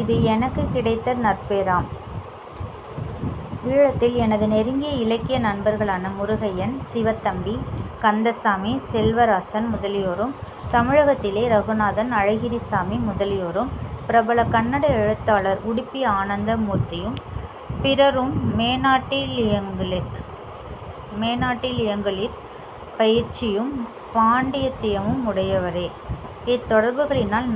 இது எனக்குக் கிடைத்த நற்பேறாம். ஈழத்தில் எனது நெருங்கிய இலக்கிய நண்பர்களான முருகையன், சிவத்தம்பி, கந்தசாமி, செல்வராசன் முதலியோரும் தமிழகத்திலே ரகுநாதன், அழகிரிசாமி முதலியோரும் பிரபல கன்னடஎழுத்தாளர் உடுப்பி ஆனந்த மூர்த்தியும் பிறரும் மேனாட்டிலியங்களிற் பயிற்சியும் பாண்டித்தியமும் உடையவரே. இத்தொடர்புகளினால்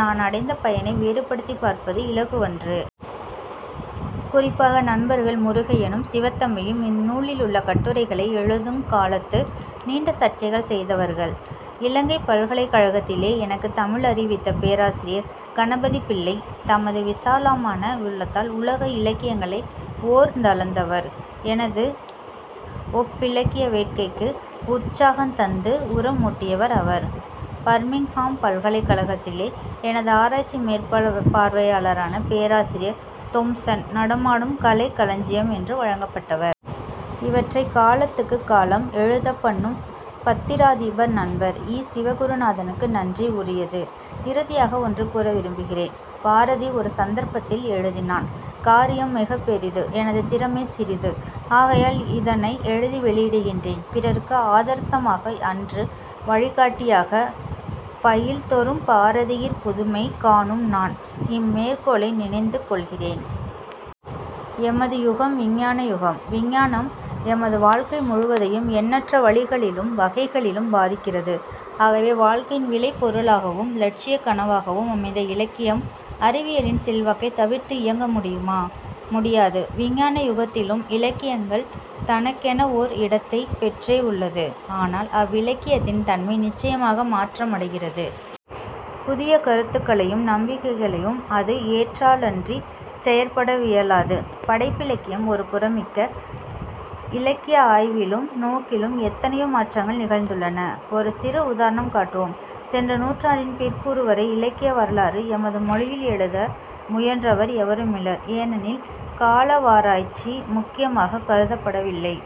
நானடைந்த பயனை வேறுபடுத்திப் பார்ப்பது இலகுவன்று. குறிப்பாக நண்பர்கள் முருகையனும், சிவத்தம்பியும் இந்நூலிலுள்ள கட்டுரைகளை எழுதுங் காலத்து நீண்ட சர்ச்சைகள் செய்தவர்கள். இலங்கைப் பல்கலைக் கழகத்திலே எனக்குத் தமிழறிவித்த பேராசிரியர் கணபதிப்பிள்ளை தமது விசாலமான உள்ளத்தால் உலக இலக்கியங்களை ஓர்ந்தளந்தவர். எனது ஒப்பிலக்கிய வேட்கைக்கு உற்சாகந்தந்து உர மூட்டியவர் அவர். பர்மிங்ஹாம் பல்கலைக்கழகத்திலே எனது ஆராய்ச்சி மேற்பார்வையாளரான பேராசிரியர் தொம்சன் 'நடமாடும் கலைக்களஞ்சியம்' என்று வழங்கப்பட்டவர். இவற்றைக் காலத்துக்குக் காலம் எழுதப் பண்ணும் பத்திராதிபர் நண்பர் இ. சிவகுருநாதனுக்கு நன்றி உரியது. இறுதியாக ஒன்று கூற விரும்புகிறேன். பாரதி ஒரு சந்தர்ப்பத்தில் எழுதினான்: "காரியம் மிகப்பெரிது, எனது திறமை சிறிது. 'ஆகையால்' இதனை எழுதி வௌியிடுகின்றேன். பிறருக்கு ஆதர்சமாக அன்று, வழிகாட்டியாக. " பயில் தொறும் பாரதியிற் புதுமை காணும் நான், இம்மேற்கோளை நினைந்து கொள்கிறேன். எமது யுகம் விஞ்ஞானயுகம். விஞ்ஞானம் எமது வாழ்க்கை முழுவதையும் எண்ணற்ற வழிகளிலும் வகைகளிலும் பாதிக்கிறது. ஆகவே வாழ்க்கையின் விளைபொருளாகவும் இலட்சியக் கனவாகவும் அமைந்த இலக்கியம் அறிவியலின் செல்வாக்கைத் தவிர்த்து இயங்கமுடியுமா? முடியாது. விஞ்ஞான யுகத்திலும் இலக்கியம் தனக்கெனவோர் இடத்தைப் பெற்றே உள்ளது. ஆனால் அவ்விலக்கியத்தின் தன்மை நிச்சயமாக மாற்ற மடைகிறது. புதிய கருத்துக்களையும் நம்பிக்கைகளையும் அது ஏற்றாலன்றிச் செயற்பட வியலாது. படைப்பிலக்கியம் ஒரு புறமிருக்க இலக்கிய ஆய்விலும் நோக்கிலும் எத்தனையோ மாற்றங்கள் நிகழ்ந்துள்ளன. ஒரு சிறு உதாரணம் காட்டுவோம். சென்ற நூற்றாண்டின் பிற்கூறுவரை இலக்கிய வரலாறு எமது மொழியில் எழுத முயன்றவர் எவருமிலர். ஏனெனில், காலவாராய்ச்சி முக்கியமாகக் கருதப்படவில்லை.